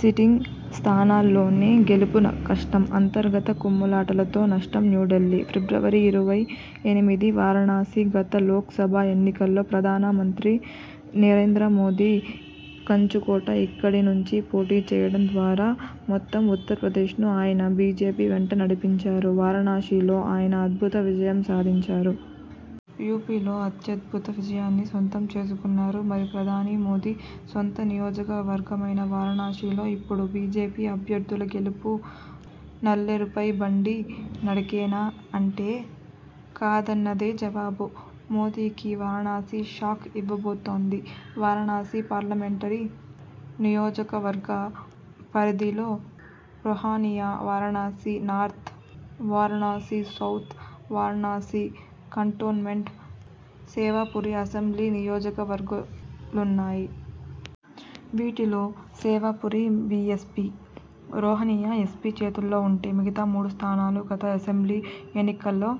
Sitting స్థానాల్లోనే గెలుపు కష్టం అంతర్గత కుమ్ములాటలతో నష్టం న్యూఢిల్లీ, ఫిబ్రవరి ఇరవై ఎనిమిది వారణాసి! గత లోక్ సభ ఎన్నికల్లో ప్రధాన మంత్రి నరేంద్ర మోదీ కంచుకోట ఇక్కడి నుంచి పోటీ చేయడం ద్వారా మొత్తం ఉత్తరప్రదేశ్ను ఆయన బీజేపీ వెంట నడిపించారు! వారణాసిలో ఆయన అద్భుత విజయం సాధించారు. యూపీలో అత్యద్భుత విజయాన్ని సొంతం చేసుకున్నారు! మరి, ప్రధాని మోదీ సొంత నియోజకవర్గమైన వారణాసిలో ఇప్పుడు బీజేపీ అభ్యర్థుల గెలుపు నల్లేరుపై బండి నడకేనా? అంటే కాదన్నదే జవాబు! మోదీకి వారణాసి షాక్ ఇవ్వబోతోంది. వారణాసి పార్లమెంటరీ నియోజకవర్గ పరిధిలో Rohania, Varanasi north, Varanasi south, Varanasi cantonment, Sevapuri assembly నియోజకవర్గాలున్నాయి. వీటిలో సేవాపురి బీఎస్పీ, రొహానియా ఎస్పీ చేతు ల్లో ఉంటే, మిగతా మూడు స్థానాలు గత అసెంబ్లీ ఎన్నికల్లో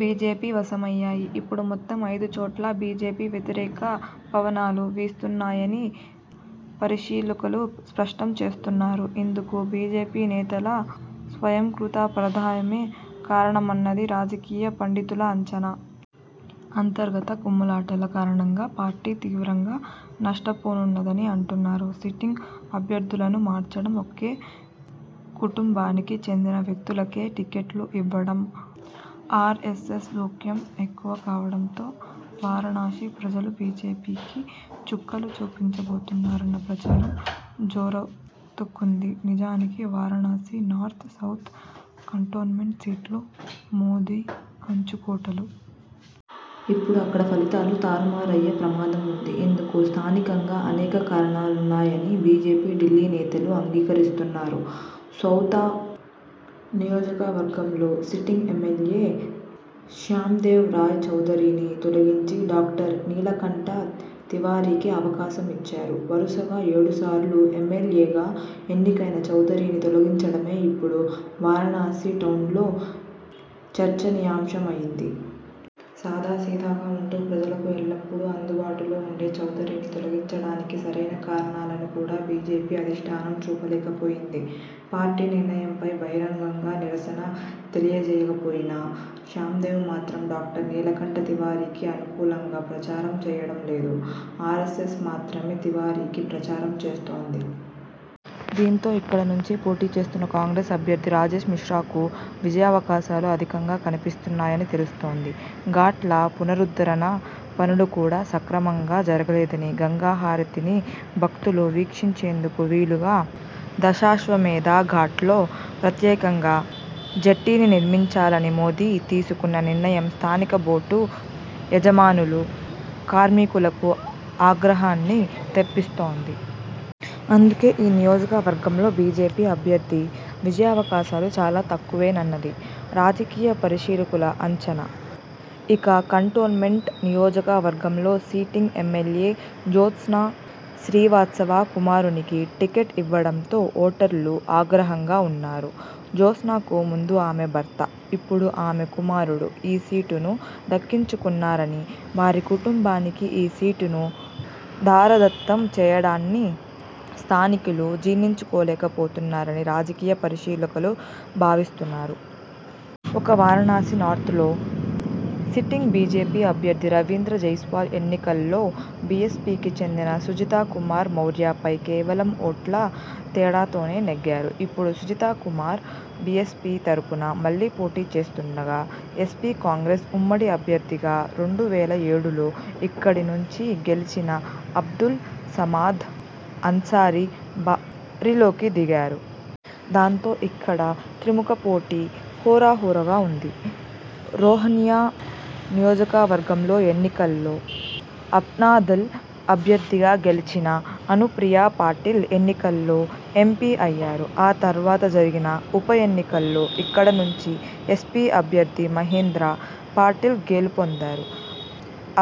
బీజేపీ వశమయ్యాయి. ఇప్పుడు మొత్తం ఐదుచోట్లా బీజేపీకి వ్యతిరేక పవనాలు వీస్తున్నాయని పరిశీలకులు స్పష్టం చేస్తున్నారు. ఇందుకు బీజేపీ నేతల స్వయంకృతాపరాధమే కారణమన్నది రాజకీయ పండితుల అంచనా. అంతర్గత కుమ్ములాటల కారణంగా పార్టీ తీవ్రంగా నష్టపోనుందని అంటున్నారు. సిటింగ్ అభ్యర్థులను మార్చడం, ఒకే కుటుంబానికి చెందిన వ్యక్తులకే టికెట్లు ఇవ్వడం, ఆర్ఎ్సఎస్ జోక్యం ఎక్కువ కావడంతో వారణాసి ప్రజలు బీజేపీకి చుక్కలు చూపించబోతున్నారన్న ప్రచారం జోరందుకుంది. నిజానికి, వారణాసి నార్త్, సౌత, కంటోన్మెంట్ సీట్లు మోదీ కంచుకోటలు. ఇప్పుడు అక్కడా ఫలితాలు తారుమారయ్యే ప్రమాదముంది. ఇందుకు స్థానికంగా అనేక కారణాలున్నాయని బీజేపీ ఢిల్లీ నేతలూ అంగీకరిస్తున్నారు. సౌత నియోజకవర్గంలో సిటింగ్ ఎమ్మెల్యే శ్యాందేవ్ రాయ్ చౌధరిని తొలగించి డాక్టర్ నీలకంఠ తివారీకి అవకాశం ఇచ్చారు. వరుసగా ఏడుసార్లు ఎమ్మెల్యేగా ఎన్నికైన చౌధరిని తొలగించడమే ఇప్పుడు వారణాసి టౌన్లో చర్చనీయాంశమైంది. సాదాసీదాగా ఉంటూ ప్రజలకు ఎల్లప్పుడూ అందుబాటులో ఉండే చౌధరిని తొలగించడానికి సరైన కారణాలను కూడా బీజేపీ అధిష్ఠానం చూపలేకపోయింది. పార్టీ నిర్ణయంపై బహిరంగంగా నిరసన తెలియజేయకపోయినా.. శ్యాందేవ్ మాత్రం డాక్టర్ నీలకంఠ తివారీకి అనుకూలంగా ప్రచారం చేయడం లేదు. ఆరెస్సెస్ మాత్రమే తివారీకి ప్రచారం చేస్తోంది. దీంతో, ఇక్కడ నుంచి పోటీ చేస్తున్న కాంగ్రెస్ అభ్యర్థి రాజేశ్ మిశ్రాకు విజయావకాశాలు అధికంగా కనిపిస్తున్నాయని తెలుస్తోంది. ఘాట్ల పునరుద్ధరణ పనులు కూడా సక్రమంగా జరగలేదని, గంగా హారతిని భక్తులు వీక్షించేందుకు వీలుగా దశాశ్వమేధ ఘాట్లో ప్రత్యేకంగా జెట్టీనినిర్మించాలని మోదీ తీసుకున్న నిర్ణయం స్థానిక బోటు యజమానులు, కార్మికులకు ఆగ్రహాన్ని తెప్పిస్తోంది. అందుకే ఈ నియోజకవర్గంలో బీజేపీ అభ్యర్థి విజయావకాశాలు చాలా తక్కువేనన్నది రాజకీయ పరిశీలకుల అంచనా. ఇక, కంటోన్మెంట్ నియోజకవర్గంలో సిటింగ్ ఎమ్మెల్యే జ్యోత్స్న శ్రీవాత్సవ కుమారునికి టికెట్ ఇవ్వడంతో ఓటర్లు ఆగ్రహంగా ఉన్నారు. జ్యోత్స్నకు ముందు ఆమె భర్త, ఇప్పుడు ఆమె కుమారుడు ఈ సీటును దక్కించుకున్నారని, వారి కుటుంబానికి ఈ సీటును ధారాదత్తం చేయడాన్ని స్థానికులు జీర్ణించుకోలేకపోతున్నారని రాజకీయ పరిశీలకులు భావిస్తున్నారు. ఇక, వారణాసి నార్త్లో సిటింగ్ బీజేపీ అభ్యర్థి రవీంద్ర జైస్వాల్ ఎన్నికల్లో బీఎస్పీకి చెందిన సుజిత కుమార్ మౌర్యపై కేవలం ఓట్ల తేడాతోనే నెగ్గారు. ఇప్పుడు సుజిత కుమార్ బీఎస్పీ తరపున మళ్లీ పోటీ చేస్తుండగా, ఎస్పీ-కాంగ్రెస్ ఉమ్మడి అభ్యర్థిగా రెండు వేల ఏడులో ఇక్కడి నుంచి గెలిచిన అబ్దుల్ సమాద్ అన్సారీ బరిలోకి దిగారు. దాంతో, ఇక్కడ త్రిముఖ పోటీ హోరాహోరాగా ఉంది. రొహానియా నియోజకవర్గంలో ఎన్నికల్లో అప్నాదళ్ అభ్యర్థిగా గెలిచిన అనుప్రియా పాటిల్ ఎన్నికల్లో ఎంపీ అయ్యారు. ఆ తర్వాత జరిగిన ఉప ఎన్నికల్లో ఇక్కడ నుంచి ఎస్పీ అభ్యర్థి మహేంద్ర పాటిల్ గెలుపొందారు.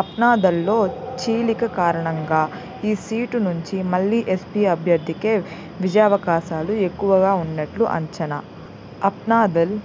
అప్నాదళ్లో చీలిక కారణంగా ఈ సీటు నుంచి మళ్లీ ఎస్పీ అభ్యర్థికే విజయావకాశాలు ఎక్కువగా ఉన్నట్లు అంచనా. అప్నాదళ్